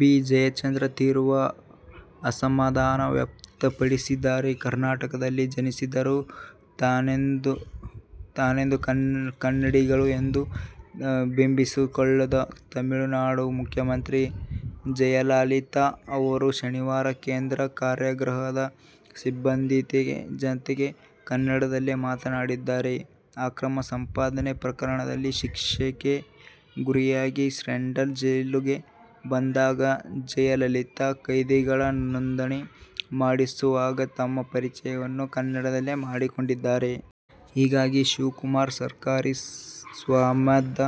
B. Jayachandra ತೀವ್ರ ಅಸಮಾಧಾನ ವ್ಯಕ್ತಪಡಿಸಿದ್ದಾರೆ. ಕರ್ನಾಟಕದಲ್ಲಿ ಜನಿಸಿದರೂ ತಾನೆಂದೂ ಕನ್ನಡಿಗಳು ಎಂದು ಬಿಂಬಿಸಿಕೊಳ್ಳದ ತಮಿಳುನಾಡು ಮುಖ್ಯಮಂತ್ರಿ ಜಯಲಲಿತಾ ಅವರು ಶನಿವಾರ ಕೇಂದ್ರ ಕಾರಾಗೃಹದ ಸಿಬ್ಬಂದಿ ಜತೆ ಕನ್ನಡದಲ್ಲೇ ಮಾತನಾಡಿದ್ದಾರೆ. ಅಕ್ರಮ ಸಂಪಾದನೆ ಪ್ರಕರಣದಲ್ಲಿ ಶಿಕ್ಷೆಗೆ ಗುರಿಯಾಗಿ ಸೆಂಟ್ರಲ್ ಜೈಲ್ಗೆ ಬಂದಾಗ ಜಯಲಲಿತಾ, ಕೈದಿಗಳ ನೋಂದಣಿ ಮಾಡಿಸುವಾಗ ತಮ್ಮ ಪರಿಚಯವನ್ನು ಕನ್ನಡದಲ್ಲೇ ಮಾಡಿಕೊಂಡಿದ್ದಾರೆ. ಹೀಗಾಗಿ, ಶಿವಕುಮಾರ್ ಸರ್ಕಾರಿ ಸ್ವಾಮ್ಯದ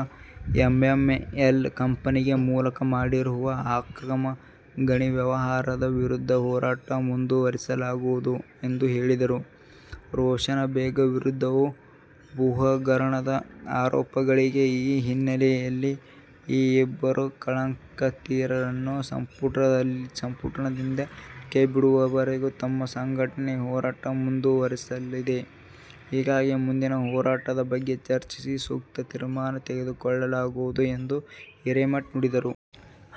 ಎಂಎಂಎಲ್ ಕಂಪನಿ ಮೂಲಕ ಮಾಡಿರುವ ಅಕ್ರಮ ಗಣಿ ವ್ಯವಹಾರದ ವಿರುದ್ಧ ಹೋರಾಟ ಮುಂದುವರೆಸಲಾಗುವುದು ಎಂದು ಹೇಳಿದರು. ರೋಷನ್ ಬೇಗ್ ವಿರುದ್ಧವೂ ಭೂಹಗರಣದ ಆರೋಪಗಳಿವೆ. ಈ ಹಿನ್ನೆಲೆಯಲ್ಲಿ ಈ ಇಬ್ಬರು ಕಳಂಕಿತರನ್ನು ಸಂಪುಟದಿಂದ ಕೈಬಿಡುವವರೆಗೂ ನಮ್ಮ ಸಂಘಟನೆ ಹೋರಾಟ ಮುಂದುವರಿಸಲಿದೆ. ಹೀಗಾಗಿ, ಮುಂದಿನ ಹೋರಾಟದ ಬಗ್ಗೆ ಚರ್ಚಿಸಿ ಸೂಕ್ತ ತೀರ್ಮಾನ ತೆಗೆದುಕೊಳ್ಳಲಾಗುವುದು ಎಂದು ಹಿರೇಮಠ್ ನುಡಿದರು.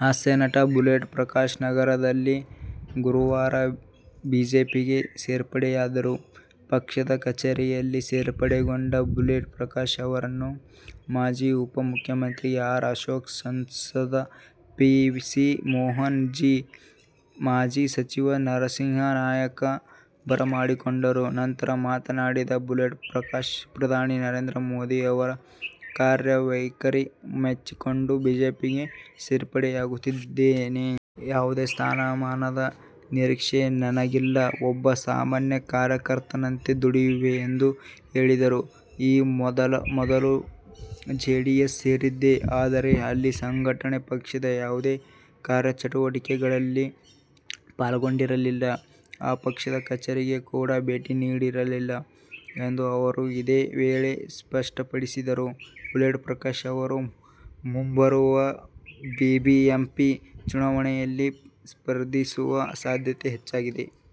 ಹಾಸ್ಯನಟ ಬುಲೆಟ್ ಪ್ರಕಾಶ್ ನಗರದಲ್ಲಿ ಗುರುವಾರ ಬಿಜೆಪಿಗೆ ಸೇರ್ಪಡೆಯಾದರು. ಪಕ್ಷದ ಕಚೇರಿಯಲ್ಲಿ ಸೇರ್ಪಡೆಗೊಂಡ ಬುಲೆಟ್ ಪ್ರಕಾಶ್ ಅವರನ್ನು ಮಾಜಿ ಉಪ ಮುಖ್ಯಮಂತ್ರಿ ಆರ್. ಅಶೋಕ್, ಸಂಸದ ಪಿ. ಸಿ. ಮೋಹನ್, ಮಾಜಿ ಸಚಿವ ನರಸಿಂಹ ನಾಯಕ್ ಬರಮಾಡಿಕೊಂಡರು. ನಂತರ ಮಾತನಾಡಿದ ಬುಲೆಟ್ ಪ್ರಕಾಶ್, ಪ್ರಧಾನಿ ನರೇಂದ್ರ ಮೋದಿ ಅವರ ಕಾರ್ಯವೈಖರಿ ಮೆಚ್ಚಿಕೊಂಡು ಬಿಜೆಪಿಗೆ ಸೇರ್ಪಡೆಯಾಗುತ್ತಿದ್ದೇನೆ. ಯಾವುದೇ ಸ್ಥಾನಮಾನದ ನಿರೀಕ್ಷೆ ನನಗಿಲ್ಲ. ಒಬ್ಬ ಸಾಮಾನ್ಯ ಕಾರ್ಯಕರ್ತನಂತೆ ದುಡಿಯುವೆ ಎಂದು ಹೇಳಿದರು. ಈ ಮೊದಲು ಜೆಡಿಎಸ್ ಸೇರಿದ್ದೆ. ಆದರೆ, ಅಲ್ಲಿ ಸಂಘಟನೆ, ಪಕ್ಷದ ಯಾವುದೇ ಕಾರ್ಯಚಟುವಟಿಕೆಗಳಲ್ಲಿ ಪಾಲ್ಗೊಂಡಿರಲಿಲ್ಲ. ಆ ಪಕ್ಷದ ಕಚೇರಿಗೆ ಕೂಡ ಭೇಟಿ ನೀಡಿರಲಿಲ್ಲ ಎಂದೂ ಅವರು ಇದೇ ವೇಳೆ ಸ್ಪಷ್ಟಪಡಿಸಿದರು. ಬುಲೆಟ್ ಪ್ರಕಾಶ್ ಅವರು ಮುಂಬರುವ ಬಿಬಿಎಂಪಿ ಚುನಾವಣೆಯಲ್ಲಿ ಸ್ಪರ್ಧಿಸುವ ಸಾಧ್ಯತೆ ಹೆಚ್ಚಾಗಿದೆ.